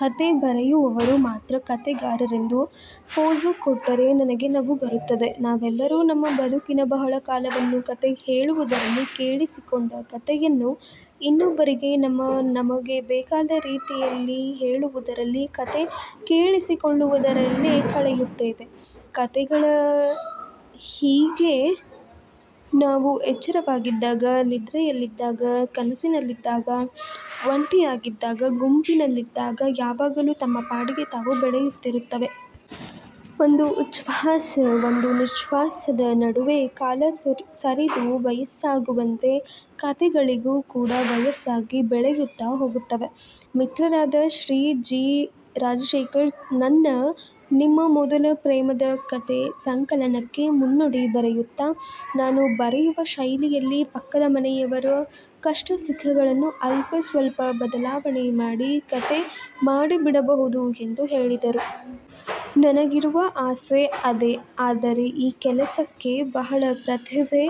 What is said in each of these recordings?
ಕತೆ ಬರೆಯುವವರು ಮಾತ್ರ ಕತೆಗಾರರೆಂದು ಪೋಸು ಕೊಟ್ಟರೆ ನನಗೆ ನಗು ಬರುತ್ತದೆ. ನಾವೆಲ್ಲರೂ ನಮ್ಮ ಬದುಕಿನ ಬಹಳ ಕಾಲವನ್ನು ಕತೆ ಹೇಳುವುದರಲ್ಲಿ ಕೇಳಿಸಿಕೊಂಡ ಕತೆಯನ್ನು ಇನ್ನೊಬ್ಬರಿಗೆ ನಮ್ಮ ನಮಗೆ ಬೇಕಾದ ರೀತಿಯಲ್ಲಿ ಹೇಳುವುದರಲ್ಲಿ ಕತೆ ಕೇಳಿಸಿಕೊಳ್ಳುವುದರಲ್ಲೇ ಕಳೆಯುತ್ತೇವೆ. ಕತೆಗಳೇ ಹೀಗೆ. ನಾವು ಎಚ್ಚರವಾಗಿದ್ದಾಗ, ನಿದ್ರೆಯಲ್ಲಿದ್ದಾಗ, ಕನಸಿನಲ್ಲಿದ್ದಾಗ, ಒಂಟಿಯಾಗಿದ್ದಾಗ, ಗುಂಪಿನಲ್ಲಿದ್ದಾಗ ಯಾವಾಗಲೂ ತಮ್ಮ ಪಾಡಿಗೆ ತಾವು ಬೆಳೆಯುತ್ತಿರುತ್ತವೆ. ಒಂದು ಉಚ್ಛ್ವಾಸ, ಒಂದು ನಿಶ್ಶ್ವಾಸದ ನಡುವೆ ಕಾಲ ಸರಿದು ವಯಸ್ಸಾಗುವಂತೆ ಕತೆಗಳಿಗೂ ಕೂಡಾ ವಯಸ್ಸಾಗಿ ಬೆಳೆಯುತ್ತಾ ಹೋಗುತ್ತವೆ. ಮಿತ್ರರಾದ ಶ್ರೀ ಜಿ. ರಾಜಶೇಖರ್, ನನ್ನ 'ನಿಮ್ಮ ಮೊದಲ ಪ್ರೇಮದ ಕತೆ' ಸಂಕಲನಕ್ಕೆ ಮುನ್ನುಡಿ ಬರೆಯುತ್ತಾ, ನಾನು ಬರೆಯುವ ಶೈಲಿಯಲ್ಲಿ ಪಕ್ಕದ ಮನೆಯವರ ಕಷ್ಟ ಸುಖಗಳನ್ನು ಅಲ್ಪಸ್ವಲ್ಪ ಬದಲಾವಣೆ ಮಾಡಿ ಕತೆ ಮಾಡಿಬಿಡಬಹುದು ಎಂದು ಹೇಳಿದರು. ನನಗಿರುವ ಆಸೆ ಅದೆ. ಆದರೆ ಈ ಕೆಲಸಕ್ಕೆ ಬಹಳ ಪ್ರತಿಭೆ,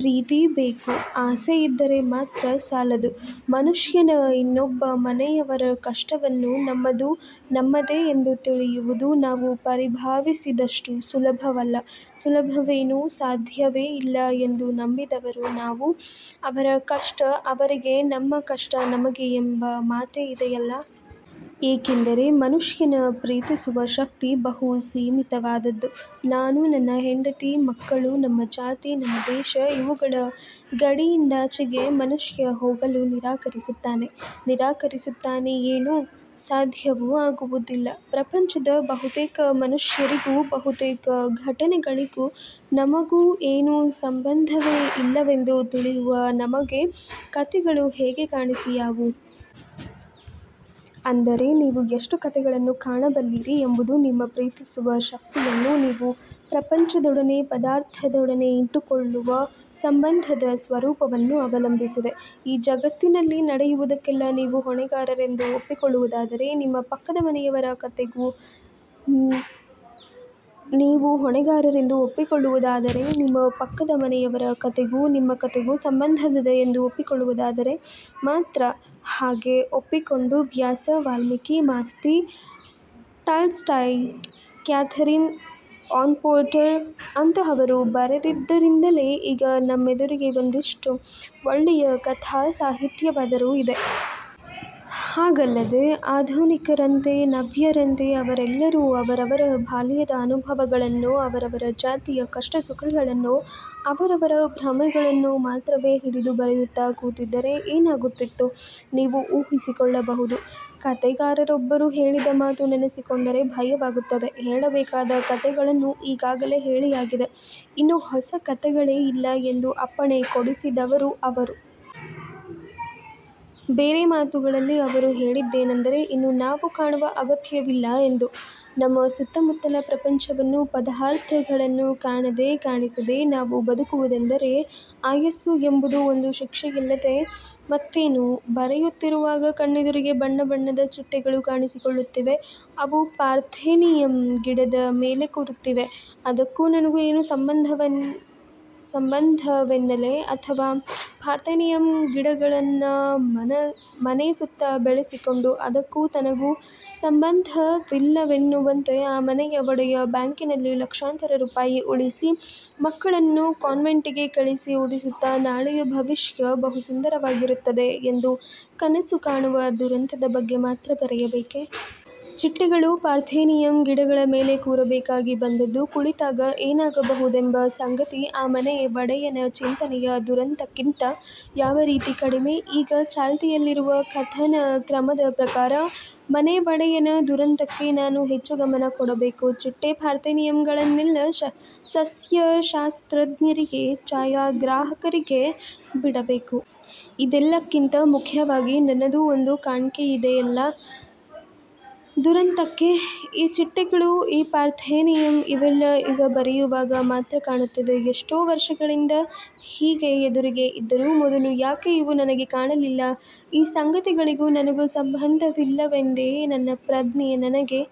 ಪ್ರೀತಿ ಬೇಕು. ಆಸೆಯಿದ್ದರೆ ಮಾತ್ರ ಸಾಲದು. ಮನುಷ್ಯನ, ಇನ್ನೊಬ್ಬ ಮನೆಯವರ ಕಷ್ಟವನ್ನು ನಮ್ಮದು, ನಮ್ಮದೇ ಎಂದು ತಿಳಿಯುವುದು ನಾವು ಪರಿಭಾವಿಸಿದಷ್ಟು ಸುಲಭವಲ್ಲ. ಸುಲಭವೇನು ಸಾಧ್ಯವೇ ಇಲ್ಲ ಎಂದು ನಂಬಿದವರು ನಾವು. ಅವರ ಕಷ್ಟ ಅವರಿಗೆ ನಮ್ಮ ಕಷ್ಟ ನಮಗೆ ಎಂಬ ಮಾತೇ ಇದೆಯಲ್ಲ. ಏಕೆಂದರೆ ಮನುಷ್ಯನ ಪ್ರೀತಿಸುವ ಶಕ್ತಿ ಬಹು ಸೀಮಿತವಾದದ್ದು. ನಾನು, ನನ್ನ ಹೆಂಡತಿ ಮಕ್ಕಳು, ನಮ್ಮ ಜಾತಿ, ನಮ್ಮ ದೇಶ ಇವುಗಳ ಗಡಿಯಿಂದಾಚೆಗೆ ಮನುಷ್ಯ ಹೋಗಲು ನಿರಾಕರಿಸುತ್ತಾನೆ. ನಿರಾಕರಿಸುತ್ತಾನೆ ಏನು, ಸಾಧ್ಯವೂ ಆಗುವುದಿಲ್ಲ. ಪ್ರಪಂಚದ ಬಹುತೇಕ ಮನುಷ್ಯರಿಗೂ, ಬಹುತೇಕ ಘಟನೆಗಳಿಗೂ ನಮಗೂ ಏನೂ ಸಂಬಂಧವೇ ಇಲ್ಲವೆಂದು ತಿಳಿಯುವ ನಮಗೆ ಕತೆಗಳು ಹೇಗೆ ಕಾಣಿಸಿಯಾವು. ಅಂದರೆ ನೀವು ಎಷ್ಟು ಕತೆಗಳನ್ನು ಕಾಣಬಲ್ಲಿರಿ ಎಂಬುದು ನಿಮ್ಮ ಪ್ರೀತಿಸುವ ಶಕ್ತಿಯನ್ನು, ನೀವು ಪ್ರಪಂಚದೊಡನೆ, ಪದಾರ್ಥಗಳೊಡನೆ ಇಟ್ಟುಕೊಳ್ಳುವ ಸಂಬಂಧದ ಸ್ವರೂಪವನ್ನು ಅವಲಂಬಿಸಿದೆ. ಈ ಜಗತ್ತಿನಲ್ಲಿ ನಡೆಯುವುದಕ್ಕೆಲ್ಲ ನೀವು ಹೊಣೆಗಾರರೆಂದು ಒಪ್ಪಿಕೊಳ್ಳುವುದಾದರೆ ನಿಮ್ಮ ಪಕ್ಕದ ಮನೆಯವರ ಕತೆಗೂ, ನಿಮ್ಮ ಕತೆಗೂ ಸಂಬಂಧವಿದೆ ಎಂದು ಒಪ್ಪಿಕೊಳ್ಳುವುದಾದರೆ ಮಾತ್ರ. ಹಾಗೆ ಒಪ್ಪಿಕೊಂಡು Vyasa, Valmiki, Masti, Tolstoy, Katherine, Anne Porter ಅಂತಹವರು ಬರೆದಿದ್ದರಿಂದಲೇ ಈಗ ನಮ್ಮೆದುರಿಗೆ ಒಂದಿಷ್ಟು ಒಳ್ಳೆಯ ಕಥಾ ಸಾಹಿತ್ಯವಾದರೂ ಇದೆ. ಹಾಗಲ್ಲದೆ ಆಧುನಿಕರಂತೆ, ನವ್ಯರಂತೆ ಅವರೆಲ್ಲರೂ ಅವರವರ ಬಾಲ್ಯದ ಅನುಭವಗಳನ್ನೋ, ಅವರವರ ಜಾತಿಯ ಕಷ್ಟ ಸುಖಗಳನ್ನೋ ಅವರವರ ಭ್ರಮೆಗಳನ್ನೋ ಮಾತ್ರವೇ ಹಿಡಿದು ಬರೆಯುತ್ತಾ ಕೂತಿದ್ದರೆ ಏನಾಗುತ್ತಿತ್ತು ನೀವು ಊಹಿಸಿಕೊಳ್ಳಬಹುದು. ಕತೆಗಾರರೊಬ್ಬರು ಹೇಳಿದ ಮಾತು ನೆನಸಿಕೊಂಡರೆ ಭಯವಾಗುತ್ತದೆ. ಹೇಳಬೇಕಾದ ಕತೆಗಳನ್ನು ಈಗಾಗಲೇ ಹೇಳಿಯಾಗಿದೆ. ಇನ್ನು ಹೊಸ ಕತೆಗಳೇ ಇಲ್ಲ ಎಂದು ಅಪ್ಪಣೆ ಕೊಡಿಸಿದವರು ಅವರು. ಬೇರೆ ಮಾತುಗಳಲ್ಲಿ ಅವರು ಹೇಳಿದ್ದೇನೆಂದರೆ 'ಇನ್ನು ನಾವು ಕಾಣುವ ಅಗತ್ಯವಿಲ್ಲ'ವೆಂದು. ನಮ್ಮ ಸುತ್ತಮುತ್ತಲ ಪ್ರಪಂಚವನ್ನು, ಪದಾರ್ಥಗಳನ್ನು ಕಾಣದೆ, ಕಾಣಿಸದೇ ನಾವು ಬದುಕುವುದೆಂದರೆ ಆಯಸ್ಸು ಎಂಬುದು ಒಂದು ಶಿಕ್ಷೆಯಲ್ಲದೆ ಮತ್ತೇನು? ಬರೆಯುತ್ತಿರುವಾಗ ಕಣ್ಣೆದುರಿಗೆ ಬಣ್ಣ ಬಣ್ಣದ ಚಿಟ್ಟೆಗಳು ಕಾಣಿಸಿಕೊಳ್ಳುತ್ತಿವೆ. ಅವು ಪಾರ್ಥೇನಿಯಂ ಗಿಡದ ಮೇಲೆ ಕೂರುತ್ತಿವೆ. ಅದಕ್ಕೂ ನನಗೂ ಏನು ಸಂಬಂಧವೆನ್ನಲೇ ಅಥವಾ ಪಾರ್ಥೇನಿಯಂ ಗಿಡಗಳನ್ನ ಮನೆ ಸುತ್ತ ಬೆಳೆಸಿಕೊಂಡು ಅದಕ್ಕೂ ತನಗೂ ಸಂಬಂಧವಿಲ್ಲವೆನ್ನುವಂತೆ ಆ ಮನೆಯ ಒಡೆಯ ಬ್ಯಾಂಕಿನಲ್ಲಿ ಲಕ್ಷಾಂತರ ರೂಪಾಯಿ ಉಳಿಸಿ, ಮಕ್ಕಳನ್ನು ಕಾನ್ವೆಂಟಿಗೆ ಕಳಿಸಿ ಓದಿಸುತ್ತಾ ನಾಳೆಯ ಭವಿಷ್ಯ ಬಹು ಸುಂದರವಾಗಿರುತ್ತದೆ ಎಂದು ಕನಸು ಕಾಣುವ ದುರಂತದ ಬಗ್ಗೆ ಮಾತ್ರ ಬರೆಯಬೇಕೆ? ಚಿಟ್ಟೆಗಳು ಪಾರ್ಥೇನಿಯಂ ಗಿಡಗಳ ಮೇಲೆ ಕೂರಬೇಕಾಗಿ ಬಂದದ್ದು, ಕುಳಿತಾಗ ಏನಾಗಬಹುದೆಂಬ ಸಂಗತಿ, ಆ ಮನೆ ಒಡೆಯನ ಚಿಂತನೆಯ ದುರಂತಕ್ಕಿಂತ ಯಾವ ರೀತಿ ಕಡಿಮೆ. ಈಗ ಚಾಲ್ತಿಯಲ್ಲಿರುವ ಕಥನ ಕ್ರಮದ ಪ್ರಕಾರ ಮನೆ ಒಡೆಯನ ದುರಂತಕ್ಕೆ ನಾನು ಹೆಚ್ಚು ಗಮನ ಕೊಡಬೇಕು. ಚಿಟ್ಟೆ ಪಾರ್ಥೇನಿಯಂಗಳನ್ನೆಲ್ಲ ಸಸ್ಯಶಾಸ್ತ್ರಜ್ಞರಿಗೆ, ಛಾಯಾಗ್ರಾಹಕರಿಗೆ ಬಿಡಬೇಕು. ಇದೆಲ್ಲಕ್ಕಿಂತ ಮುಖ್ಯವಾಗಿ ನನ್ನದೂ ಒಂದು ಕಾಣ್ಕೆಯಿದೆಯಲ್ಲ ದುರಂತಕ್ಕೆ; ಈ ಚಿಟ್ಟೆಗಳು, ಈ ಪಾರ್ಥೇನಿಯಂ ಇವೆಲ್ಲ ಈಗ ಬರೆಯುವಾಗ ಮಾತ್ರ ಕಾಣುತ್ತಿವೆ; ಎಷ್ಟೋ ವರ್ಷಗಳಿಂದ ಹೀಗೆ ಎದುರಿಗೇ ಇದ್ದರೂ ಮೊದಲು ಯಾಕೆ ಇವು ನನಗೆ ಕಾಣಲಿಲ್ಲ. ಈ ಸಂಗತಿಗಳಿಗೂ ನನಗೂ ಸಂಬಂಧವಿಲ್ಲವೆಂದೇ ನನ್ನ ಪ್ರಜ್ಞೆ ನನಗೇ